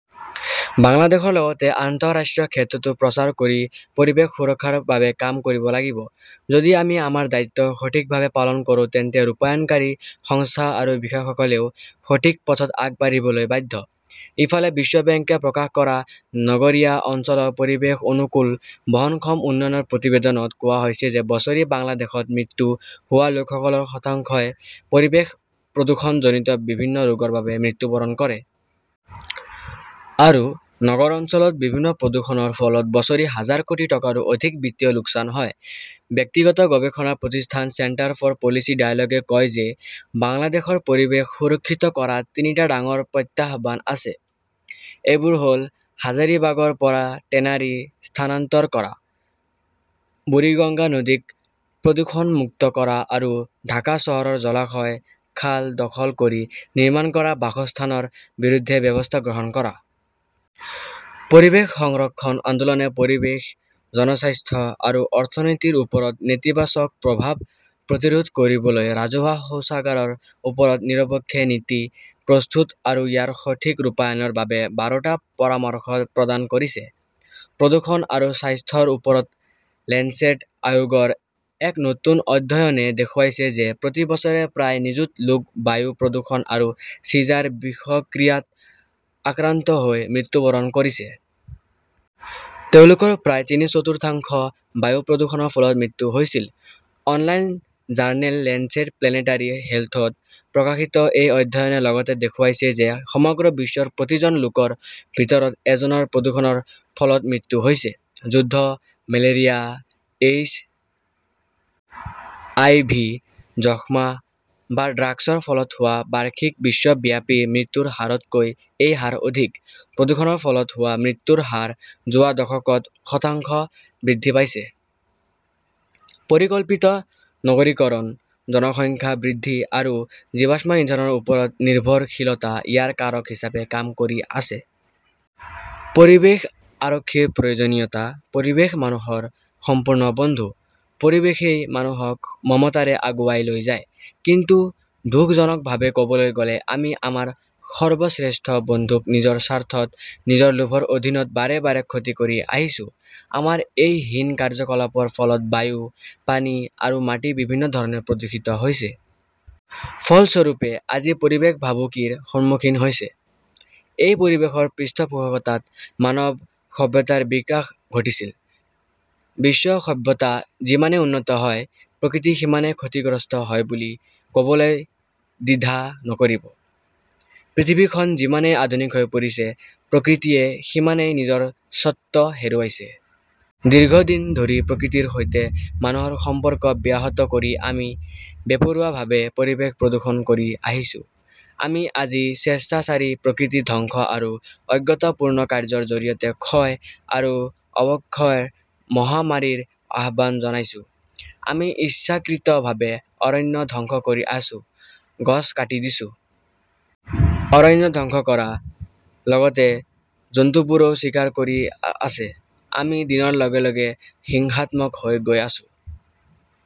বাংলাদেশৰ লগতে আন্তঃৰাষ্ট্ৰীয় ক্ষেত্ৰতো প্ৰচাৰ কৰি পৰিৱেশ সুৰক্ষাৰ বাবে কাম কৰিব লাগিব। যদি আমি আমাৰ দায়িত্ব সঠিকভাৱে পালন কৰোঁ তেন্তে ৰূপায়ণকাৰী সংস্থা আৰু বিষয়াসকলেও সঠিক পথত আগবাঢ়িবলৈ বাধ্য। ইফালে, বিশ্ব বেংকে প্ৰকাশ কৰা নগৰীয়া অঞ্চলৰ পৰিৱেশ অনুকূল বহনক্ষম উন্নয়নৰ প্ৰতিবেদনত কোৱা হৈছে যে বছৰি বাংলাদেশত মৃত্যু হোৱা লোকসকলৰ শতাংশই পৰিৱেশ প্ৰদূষণজনিত বিভিন্ন ৰোগৰ বাবে মৃত্যুবৰণ কৰে। আৰু নগৰ অঞ্চলত বিভিন্ন প্ৰদূষণৰ ফলত বছৰি হাজাৰ কোটি টকাৰো অধিক বিত্তীয় লোকচান হয়। ব্যক্তিগত গৱেষণা প্ৰতিষ্ঠান চেণ্টাৰ ফৰ পলিচি ডায়ালগ -এ কয় যে, বাংলাদেশৰ পৰিৱেশ সুৰক্ষিত কৰাত তিনিটা ডাঙৰ প্ৰত্যাহ্বান আছে। এইবোৰ হ'ল হাজাৰিবাগৰ পৰা টেনাৰী স্থানান্তৰ কৰা, বুৰিগঙ্গা নদীক প্ৰদূষণমুক্ত কৰা আৰু ঢাকা চহৰৰ জলাশয়, খাল দখল কৰি নিৰ্মাণ কৰা বাসস্থানৰ বিৰুদ্ধে ব্যৱস্থা গ্ৰহণ কৰা। পৰিৱেশ সংৰক্ষণ আন্দোলনে পৰিৱেশ, জনস্বাস্থ্য আৰু অৰ্থনীতিৰ ওপৰত নেতিবাচক প্ৰভাৱ প্ৰতিৰোধ কৰিবলৈ ৰাজহুৱা শৌচাগাৰৰ ওপৰত নিৰপেক্ষ নীতি প্ৰস্তুত আৰু ইয়াৰ সঠিক ৰূপায়ণৰ বাবে বাৰটা পৰামৰ্শ প্ৰদান কৰিছে। প্ৰদূষণ আৰু স্বাস্থ্যৰ ওপৰত লেঞ্চেট আয়োগৰ এক নতুন অধ্যয়নে দেখুৱাইছে যে, প্ৰতি বছৰে প্ৰায় নিযুত লোক বায়ু প্ৰদূষণ আৰু চিজাৰ বিষক্ৰিয়াত আক্ৰান্ত হৈ মৃত্যুবৰণ কৰিছে। তেওঁলোকৰ প্ৰায় তিনি-চতুৰ্থাংশ বায়ু প্ৰদূষণৰ ফলত মৃত্যু হৈছিল। অনলাইন জাৰ্নেল লেঞ্চেট প্লেনেটাৰী হেল্থত প্ৰকাশিত এই অধ্যয়নে লগতে দেখুৱাইছে যে সমগ্ৰ বিশ্বৰ প্ৰতি জন লোকৰ ভিতৰত এজনৰ প্ৰদূষণৰ ফলত মৃত্যু হৈছে। যুদ্ধ, মেলেৰিয়া, এইচ. আই. ভি., যক্ষ্মা বা ড্ৰাগছৰ ফলত হোৱা বাৰ্ষিক বিশ্বব্যাপী মৃত্যুৰ হাৰতকৈ এই হাৰ অধিক। প্ৰদূষণৰ ফলত হোৱা মৃত্যুৰ হাৰ যোৱা দশকত শতাংশ বৃদ্ধি পাইছে। পৰিকল্পিত নগৰীকৰণ, জনসংখ্যা বৃদ্ধি আৰু জীৱাশ্ম ইন্ধনৰ ওপৰত নিৰ্ভৰশীলতা ইয়াৰ কাৰক হিচাপে কাম কৰি আছে। পৰিৱেশ আৰক্ষীৰ প্ৰয়োজনীয়তা পৰিৱেশ মানুহৰ সম্পূৰ্ণ বন্ধু। পৰিৱেশই মানুহক মমতাৰে আগুৱাই লৈ যায়। কিন্তু দুখজনকভাৱে কবলৈ গ'লে, আমি আমাৰ সৰ্বশ্ৰেষ্ঠ বন্ধুক নিজৰ স্বাৰ্থত, নিজৰ লোভৰ অধীনত বাৰে বাৰে ক্ষতি কৰি আহিছো। আমাৰ এই হীন কাৰ্যকলাপৰ ফলত বায়ু, পানী আৰু মাটি বিভিন্ন ধৰণে প্ৰদূষিত হৈছে। ফলস্বৰূপে, আজি পৰিৱেশ ভাবুকিৰ সন্মুখীন হৈছে। এই পৰিৱেশৰ পৃষ্ঠপোষকতাত মানৱ সভ্যতাৰ বিকাশ ঘটিছিল। বিশ্ব সভ্যতা যিমানেই উন্নত হয়, প্ৰকৃতি সিমানেই ক্ষতিগ্ৰস্ত হয় বুলি ক বলৈ দ্বিধা নকৰিব। পৃথিৱীখন যিমানেই আধুনিক হৈ পৰিছে, প্ৰকৃতিয়ে সিমানেই নিজৰ স্বত্ব হেৰুৱাইছে। দীৰ্ঘদিন ধৰি প্ৰকৃতিৰ সৈতে মানুহৰ সম্পৰ্ক ব্যাহত কৰি আমি বেপৰোৱাভাৱে পৰিৱেশ প্ৰদূষণ কৰি আহিছো, আমি আজি স্বেচ্ছাচাৰী প্ৰকৃতি ধ্বংস আৰু অজ্ঞতাপূৰ্ণ কাৰ্য্যৰ জৰিয়তে খয় আৰু অৱক্ষয়ৰ মহামাৰীৰ আহ্বান জনাইছো। আমি ইচ্ছাকৃতভাৱে অৰণ্য ধ্বংস কৰি আছো, গছ কাটি দিছো। অৰণ্য ধ্বংস কৰা। লগতে জন্তুবোৰো চিকাৰ কৰি আছে। আমি দিনৰ লগে লগে হিংসাত্মক হৈ গৈ আছো।